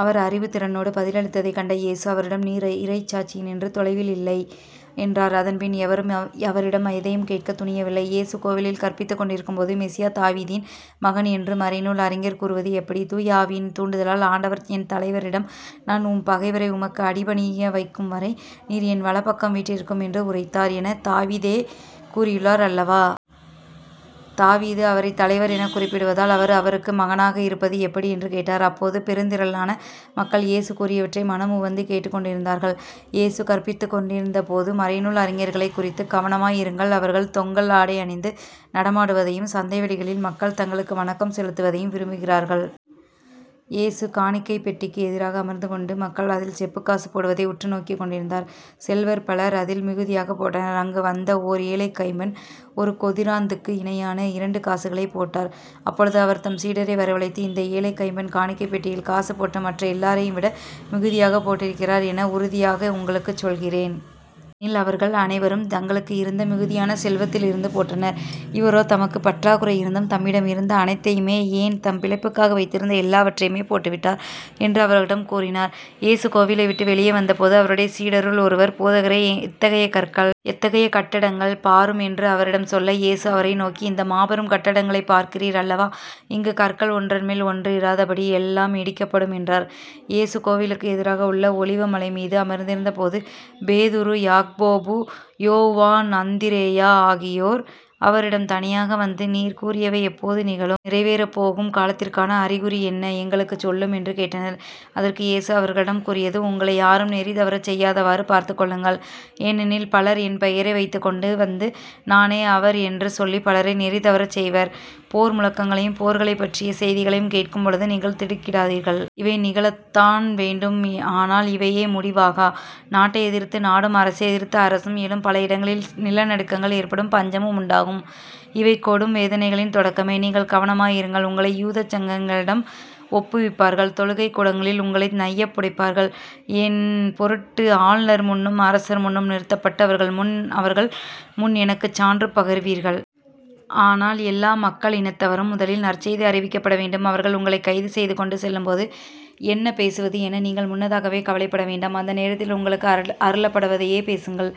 அவர் அறிவுத்திறனோடு பதிலளித்ததைக் கண்ட இயேசு அவரிடம் நீர் இறையாட்சியினின்று தொலையில் இல்லை என்றார். அதன்பின் எவரும் அவரிடம் எதையும் கேட்கத் துணியவில்லை. இயேசு கோவிலில் கற்பித்துக் கொண்டிருக்கும்போது மெசியா தாவீதின் மகன் என்று மறைநூல் அறிஞர் கூறுவது எப்படி? தூய ஆவியின் தூண்டுதலால் ஆண்டவர் என் தலைவரிடம் நான் உம் பகைவரை உமக்கு அடிபணியவைக்கும்வரை நீர் என் வலப்பக்கம் வீற்றிருக்கும் என்று உரைத்தார் எனத் தாவீதே கூறியுள்ளார் அல்லவா. தாவீது அவரைத் தலைவர் எனக் குறிப்பிடுவதால் அவர் அவருக்கு மகனாக இருப்பது எப்படி? என்று கேட்டார். அப்போது பெருந்திரளான மக்கள் இயேசு கூறியவற்றை மனமுவந்து கேட்டுக்கொண்டிருந்தார்கள். இயேசு கற்பித்துக்கொண்டிருந்தபோது மறைநூல் அறிஞர்களைக் குறித்துக் கவனமாய் இருங்கள். அவர்கள் தொங்கல் ஆடை அணிந்து நடமாடுவதையும் சந்தை வெளிகளில் மக்கள் தங்களுக்கு வணக்கம் செலுத்துவதையும் விரும்புகிறார்கள். இயேசு காணிக்கைப் பெட்டிக்கு எதிராக அமர்ந்துகொண்டு மக்கள் அதில் செப்புக்காசு போடுவதை உற்று நோக்கிக் கொண்டிருந்தார். செல்வர் பலர் அதில் மிகுதியாகப் போட்டனர். அங்கு வந்த ஓர் ஏழைக் கைம்பெண் ஒரு கொதிராந்துக்கு இணையான இரண்டு காசுகளைப் போட்டார். அப்பொழுது அவர் தம் சீடரை வரவழைத்து இந்த ஏழைக் கைம்பெண் காணிக்கைப் பெட்டியில் காசு போட்ட மற்ற எல்லாரையும் விட மிகுதியாகப் போட்டிருக்கிறார் என உறுதியாக உங்களுக்குச் சொல்கிறேன். ஏனெனில் அவர்கள் அனைவரும் தங்களுக்கு இருந்த மிகுதியான செல்வத்திலிருந்து போட்டனர். இவரோ தமக்குப் பற்றாக்குறை இருந்தும் தம்மிடம் இருந்த அனைத்தையுமே, ஏன் தம் பிழைப்புக்காக வைத்திருந்த எல்லாவற்றையுமே போட்டுவிட்டார் என்று அவர்களிடம் கூறினார். இயேசு கோவிலைவிட்டு வெளியே வந்தபோது அவருடைய சீடருள் ஒருவர் போதகரே எத்தகைய கற்கள். எத்தகைய கட்டடங்கள். பாரும் என்று அவரிடம் சொல்ல இயேசு அவரை நோக்கி இந்த மாபெரும் கட்டடங்களைப் பார்க்கிறீர் அல்லவா. இங்குக் கற்கள் ஒன்றின்மேல் ஒன்று இராதபடி எல்லாம் இடிக்கப்படும் என்றார். இயேசு கோவிலுக்கு எதிராக உள்ள ஒலிவ மலைமீது அமர்ந்திருந்த போது பேதுரு யாக்கோபு யோவான் அந்திரேயா ஆகியோர் அவரிடம் தனியாக வந்து நீர் கூறியவை எப்போது நிகழும்? இவையனைத்தும் நிறைவேறப்போகும் காலத்திற்கான அறிகுறி என்ன? எங்களுக்குச் சொல்லும் என்று கேட்டனர். அதற்கு இயேசு அவர்களிடம் கூறியது உங்களை யாரும் நெறிதவறச் செய்யாதவாறு பார்த்துக் கொள்ளுங்கள். ஏனெனில் பலர் என் பெயரை வைத்துக்கொண்டு வந்து நானே அவர் என்று சொல்லிப் பலரை நெறிதவறச் செய்வர். போர் முழக்கங்களையும் போர்களைப்பற்றிய செய்திகளையும் கேட்கும் பொழுது நீங்கள் திடுக்கிடாதீர்கள். இவை நிகழத்தான் வேண்டும். ஆனால் இவையே முடிவாகா. நாட்டை எதிர்த்து நாடும் அரசை எதிர்த்து அரசும் எழும் பல இடங்களில் நில நடுக்கங்கள் ஏற்படும் பஞ்சமும் உண்டாகும். இவை கொடும் வேதனைகளின் தொடக்கமே. நீங்கள் கவனமாயிருங்கள் உங்களை யூதச் சங்கங்களிடம் ஒப்புவிப்பார்கள் தொழுகைக்கூடங்களில் உங்களை நையப்புடைப்பார்கள் என் பொருட்டு ஆளுநர் முன்னும் அரசர் முன்னும் நிறுத்தப்பட்டு அவர்கள் முன் அவர்கள் முன் எனக்குச் சான்று பகர்வீர்கள். ஆனால் எல்லா மக்களினத்தவர்க்கும் முதலில் நற்செய்தி அறிவிக்கப்பட வேண்டும். அவர்கள் உங்களைக் கைதுசெய்து கொண்டு செல்லும்போது என்ன பேசுவது என நீங்கள் முன்னதாகவே கவலைப்பட வேண்டாம் அந்த நேரத்தில் உங்களுக்கு அருளப்படுவதையே பேசுங்கள்.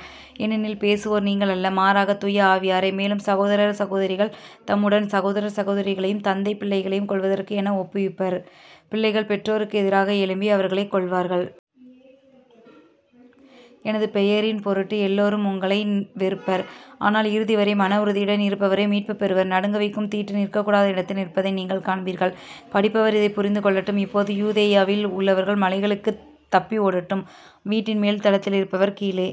ஏனெனில் பேசுவோர் நீங்கள் அல்ல. மாறாக தூய ஆவியாரே. மேலும் சகோதரர் சகோதரிகள் தம் உடன் சகோதரர் சகோதரிகளையும் தந்தை பிள்ளையையும் கொல்வதற்கு என ஒப்புவிப்பர் பிள்ளைகள் பெற்றோர்க்கு எதிராக எழும்பி அவர்களைக் கொல்வார்கள். எனது பெயரின் பொருட்டு எல்லாரும் உங்களை வெறுப்பர். ஆனால் இறுதிவரை மன உறுதியுடன் இருப்பவரே மீட்புப் பெறுவர். நடுங்க வைக்கும் தீட்டு நிற்கக்கூடாத இடத்தில் நிற்பதை நீங்கள் காண்பீர்கள். படிப்பவர் இதைப் புரிந்து கொள்ளட்டும். அப்போது யூதேயாவில் உள்ளவர்கள் மலைகளுக்குத் தப்பி ஓடட்டும். வீட்டின் மேல்தளத்தில் இருப்பவர் கீழே